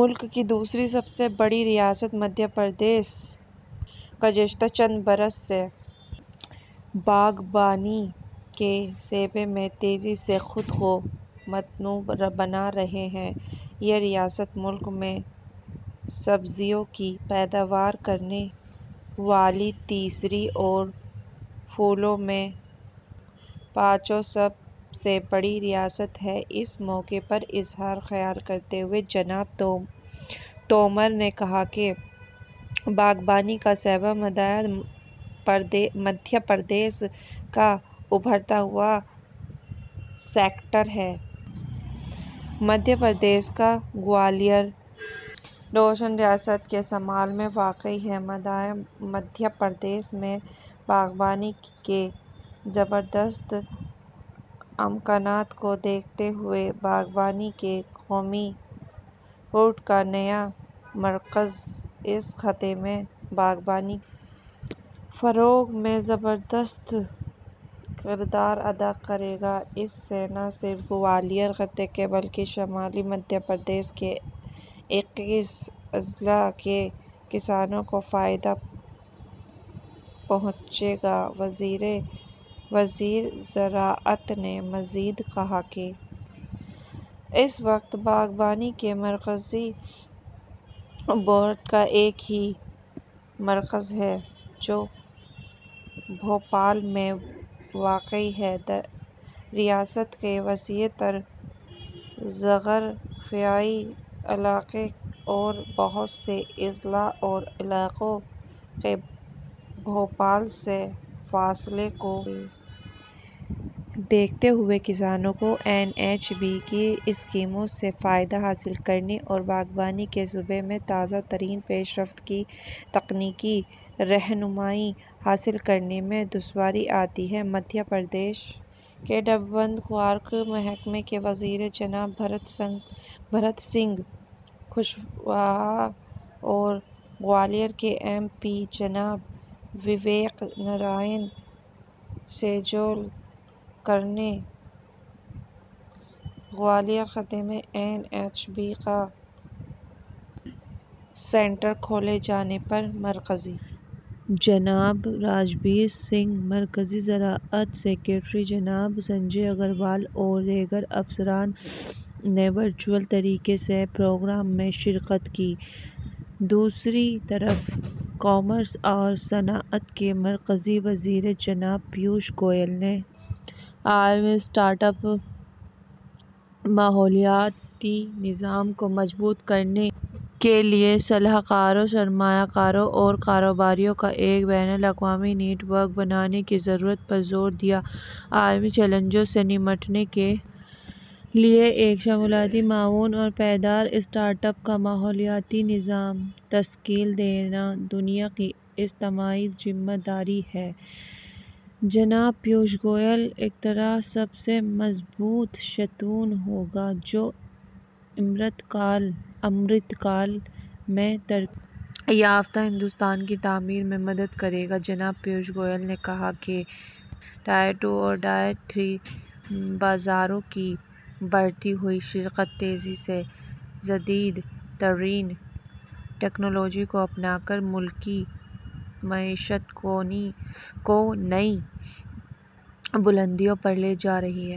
ملک کی دوسری سب سے بڑی ریاست مدھیہ پردیش گزشتہ چند برس سے باغبانی کے شعبے میں تیزی سے خود کو متنوع بنا رہی ہے یہ ریاست ملک میں سبزیوں کی پیداوار کرنے والی تیسری اور پھلوں میں پانچویں سب سے بڑی ریاست ہے اس موقع پر اظہار خیال کرتے ہوئے جناب تومر نے کہا کہ باغبانی کا شعبہ مدھیہ پردیش کا ابھرتا ہوا سیکٹر ہے مدھیہ پردیش کا گوالیر ڈویژن ریاست کے شمال میں واقع ہے مدھیہ پردیش میں باغبانی کے زبردست امکانات کو دیکھتے ہوئے باغبانی کے قومی بورڈ کا نیا مرکز اس خطے میں باغبانی کے فروغ میں زبردست کردار ادا کرے گا اس سے نہ صرف گوالیر خطے کے بلکہ شمالی مدھیہ پردیش کے اکیس اضلاع کے کسانوں کو فائدہ پہنچے گا وزیر زراعت نے مزید کہا کہ اس وقت باغبانی کے مرکزی بورڈ کا ایک ہی مرکز ہے جو بھوپال میں واقع ہے ریاست کے وسیع تر جغرافیائی علاقے اور بہت سے اضلاع اور علاقوں کے بھوپال سے فاصلے کو دیکھتے ہوئے کسانوں کو این ایچ بی کی اسکیموں سے فائدہ حاصل کرنے اور باغبانی کے شعبے میں تازہ ترین پیش رفت کی تکنیکی رہنمائی حاصل کرنے میں دشواری آتی ہے مدھیہ پردیش کے ڈبہ بند خوراک محکمے کے وزیر جناب بھرت سنگھ کشواہا اور گوالیر کے ایم پی جناب وویک نرائن شیجوالکر نے گوالیر خطے میں این ایچ بی کا سینٹر کھولے جانے پر مرکزی جناب راج بیر سنگھ مرکزی زراعت سکریٹری جناب سنجے اگروال اور دیگر افسران نے ورچوئل طریقے سے پروگرام میں شرکت کی دوسری طرف کامرس اور صنعت کے مرکزی وزیر جناب پیوش گوئل نے عالمی اسٹارٹ اپ ماحولیاتی نظام کو مضبوط کرنے کے لیے صلاح کاروں سرمایہ کاروں اور کاروباریوں کا ایک بین الاقوامی نیٹ ورک بنانے کی ضرورت پر زور دیا عالمی چیلنجوں سے نمٹنے کے لیے ایک شمولیاتی معاون اور پائیدار اسٹارٹ اپ ماحولیاتی نظام تشکیل دینا دنیا کی اجتماعی ذمہ داری ہے جناب پیوش گوئل اختراع سب سے مضبوط ستون ہو گا جو امرت کال میں ترقی یافتہ ہندوستان کی تعمیر میں مدد کرے گا جناب پیوش گوئل نے کہا کہ ٹائر ٹو اور ٹائر تھری بازاروں کی بڑھتی ہوئی شرکت تیزی سے جدید ترین ٹیکنالوجی کو اپنا کر ملکی معیشت کو نئی بلندیوں پر لے جا رہی ہے